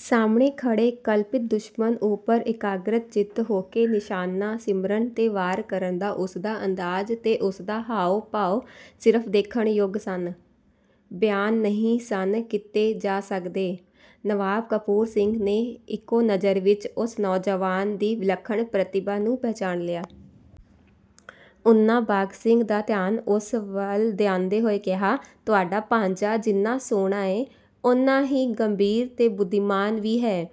ਸਾਹਮਣੇ ਖੜ੍ਹੇ ਕਲਪਿਤ ਦੁਸ਼ਮਣ ਉੱਪਰ ਇਕਾਗਰ-ਚਿੱਤ ਹੋ ਕੇ ਨਿਸ਼ਾਨਾ ਸਿੰਨ੍ਹਣ ਤੇ ਵਾਰ ਕਰਨ ਦਾ ਉਸਦਾ ਅੰਦਾਜ਼ ਤੇ ਉਸਦੇ ਹਾਵ-ਭਾਵ ਸਿਰਫ਼ ਦੇਖਣ ਯੋਗ ਸਨ, ਬਿਆਨ ਨਹੀਂ ਸਨ ਕੀਤੇ ਜਾ ਸਕਦੇ। ਨਵਾਬ ਕਪੂਰ ਸਿੰਘ ਨੇ ਇੱਕੋ ਨਜ਼ਰ ਵਿੱਚ ਉਸ ਨੌਜਵਾਨ ਦੀ ਵਿਲੱਖਣ ਪ੍ਰਤਿਭਾ ਨੂੰ ਪਛਾਣ ਲਿਆ। ਉਹਨਾਂ ਬਾਘ ਸਿੰਘ ਦਾ ਧਿਆਨ ਉਸ ਵੱਲ ਦਿਵਾਉਂਦਿਆਂ ਕਿਹਾ, "ਤੁਹਾਡਾ ਭਾਣਜਾ ਜਿੰਨਾਂ ਸੋਹਣਾ ਏ, ਓਨਾਂ ਹੀ ਗੰਭੀਰ ਤੇ ਬੁੱਧੀਮਾਨ ਵੀ ਹੈ।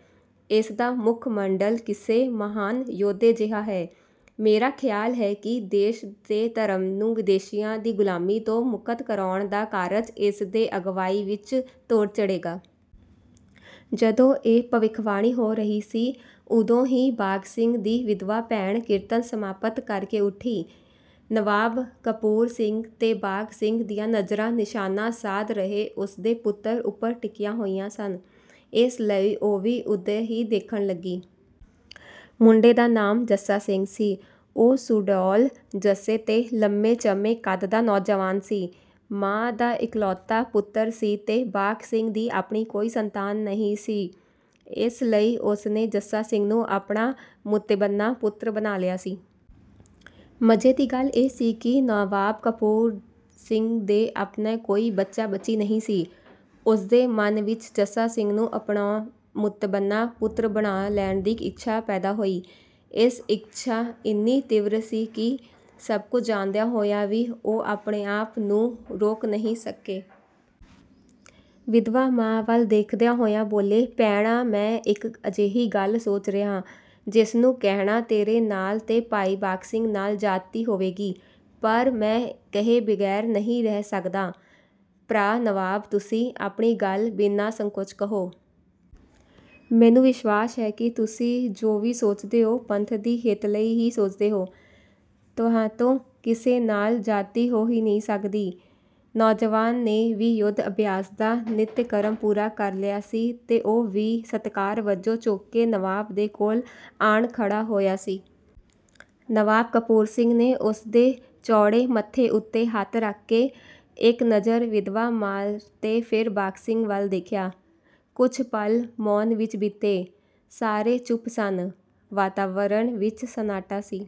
ਇਸ ਦਾ ਮੁਖ-ਮੰਡਲ ਕਿਸੇ ਮਹਾਨ ਯੋਧੇ ਜਿਹਾ ਹੈ। ਮੇਰਾ ਖ਼ਿਆਲ ਹੈ ਕਿ ਦੇਸ਼ ਤੇ ਧਰਮ ਨੂੰ ਵਿਦੇਸ਼ੀਆਂ ਦੀ ਗ਼ੁਲਾਮੀ ਤੋਂ ਮੁਕਤ ਕਰਵਾਉਣ ਦਾ ਕਾਰਜ ਇਸ ਦੀ ਅਗਵਾਈ ਵਿੱਚ ਤੋੜ ਚੜ੍ਹੇਗਾ।" ਜਦੋਂ ਇਹ ਭਵਿੱਖਬਾਣੀ ਹੋ ਰਹੀ ਸੀ, ਉਦੋਂ ਹੀ ਬਾਘ ਸਿੰਘ ਦੀ ਵਿਧਵਾ ਭੈਣ ਕੀਰਤਨ ਸਮਾਪਤ ਕਰਕੇ ਉੱਠੀ। ਨਵਾਬ ਕਪੂਰ ਸਿੰਘ ਤੇ ਬਾਘ ਸਿੰਘ ਦੀਆਂ ਨਜ਼ਰਾਂ ਨਿਸ਼ਾਨਾ ਸਾਧ ਰਹੇ ਉਸਦੇ ਪੁੱਤਰ ਉੱਪਰ ਟਿਕੀਆਂ ਹੋਈਆਂ ਸਨ, ਇਸ ਲਈ ਉਹ ਵੀ ਉਧਰ ਹੀ ਦੇਖਣ ਲੱਗੀ। ਮੁੰਡੇ ਦਾ ਨਾਂ ਜੱਸਾ ਸਿੰਘ ਸੀ। ਉਹ ਸੁਡੌਲ ਜੁੱਸੇ ਤੇ ਲੰਮੇ-ਝੰਮੇ ਕੱਦ ਦਾ ਨੌਜਵਾਨ ਸੀ। ਮਾਂ ਦਾ ਇਕਲੌਤਾ ਪੁੱਤਰ ਸੀ ਤੇ ਬਾਘ ਸਿੰਘ ਦੀ ਆਪਣੀ ਕੋਈ ਸੰਤਾਨ ਨਹੀਂ ਸੀ, ਇਸ ਲਈ ਉਸ ਨੇ ਜੱਸਾ ਸਿੰਘ ਨੂੰ ਆਪਣਾ ਮੁਤਬੰਨਾ-ਪੁੱਤਰ ਬਣਾ ਲਿਆ ਸੀ। ਮਜੇ ਦੀ ਗੱਲ ਇਹ ਸੀ ਕਿ ਨਵਾਬ ਕਪੂਰ ਸਿੰਘ ਦੇ ਆਪਣੇ ਵੀ ਕੋਈ ਬੱਚਾ-ਬੱਚੀ ਨਹੀਂ ਸੀ। ਉਸਦੇ ਮਨ ਵਿੱਚ ਜੱਸਾ ਸਿੰਘ ਨੂੰ ਆਪਣਾ ਮੁਤਬੰਨਾ-ਪੁੱਤਰ ਬਣਾ ਲੈਣ ਦੀ ਇੱਛਾ ਪੈਦਾ ਹੋਈ। ਇਹ ਇੱਛਾ ਏਨੀ ਤੀਬਰ ਸੀ ਕਿ ਸਭ ਕੁਝ ਜਾਣਦਿਆਂ ਹੋਇਆਂ ਵੀ ਉਹ ਆਪਣੇ ਆਪ ਨੂੰ ਰੋਕ ਨਹੀਂ ਸਕੇ। ਵਿਧਵਾ ਮਾਂ ਵੱਲ ਦੇਖਦੇ ਹੋਏ ਬੋਲੇ, "ਭੈਣਾ ਮੈਂ ਇੱਕ ਅਜਿਹੀ ਗੱਲ ਸੋਚ ਰਿਹਾਂ, ਜਿਸ ਨੂੰ ਕਹਿਣਾ ਤੇਰੇ ਨਾਲ ਤੇ ਭਾਈ ਬਾਘ ਸਿੰਘ ਨਾਲ ਜ਼ਿਆਦਤੀ ਹੋਏਗੀ, ਪਰ ਮੈਂ ਕਹੇ ਬਗੈਰ ਨਹੀਂ ਰਹਿ ਸਕਦਾ।" "ਭਰਾ ਨਵਾਬ ਤੁਸੀਂ ਆਪਣੀ ਗੱਲ ਬਿਨਾਂ ਸੰਕੋਚ ਕਹੋ। ਮੈਨੂੰ ਵਿਸ਼ਵਾਸ ਹੈ ਕਿ ਤੁਸੀਂ ਜੋ ਵੀ ਸੋਚਦੇ ਓ ਪੰਥ ਦੇ ਹਿੱਤ ਲਈ ਹੀ ਸੋਚਦੇ ਓ। ਤੁਹਾਤੋਂ ਕਿਸੇ ਨਾਲ ਜ਼ਿਆਦਤੀ ਹੋ ਹੀ ਨਹੀਂ ਸਕਦੀ।" ਨੌਜਵਾਨ ਨੇ ਵੀ ਯੁੱਧ ਅਭਿਆਸ ਦਾ ਨਿੱਤ-ਕਰਮ ਪੂਰਾ ਕਰ ਲਿਆ ਸੀ ਤੇ ਉਹ ਵੀ ਸਤਿਕਾਰ ਵਜੋਂ ਝੁਕ ਕੇ ਨਵਾਬ ਦੇ ਕੋਲ ਆਣ ਖੜ੍ਹਾ ਹੋਇਆ ਸੀ। ਨਵਾਬ ਕਪੂਰ ਸਿੰਘ ਨੇ ਉਸਦੇ ਚੌੜੇ ਮੱਥੇ ਉੱਪਰ ਹੱਥ ਰੱਖ ਕੇ, ਇੱਕ ਨਜ਼ਰ ਵਿਧਵਾ ਮਾਂ ਤੇ ਫੇਰ ਬਾਘ ਸਿੰਘ ਵੱਲ ਦੇਖਿਆ। ਕੁਝ ਪਲ ਮੌਨ ਵਿੱਚ ਬੀਤੇ। ਸਾਰੇ ਚੁੱਪ ਸਨ। ਵਾਤਾਵਰਣ ਵਿੱਚ ਸੰਨਾਟਾ ਸੀ।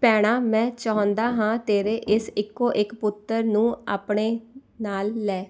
"ਭੈਣਾ ਮੈਂ ਚਾਹੁੰਦਾ ਹਾਂ ਤੇਰੇ ਇਸ ਇੱਕੋ-ਇੱਕ ਪੁੱਤਰ ਨੂੰ ਆਪਣੇ ਨਾਲ ਲੈ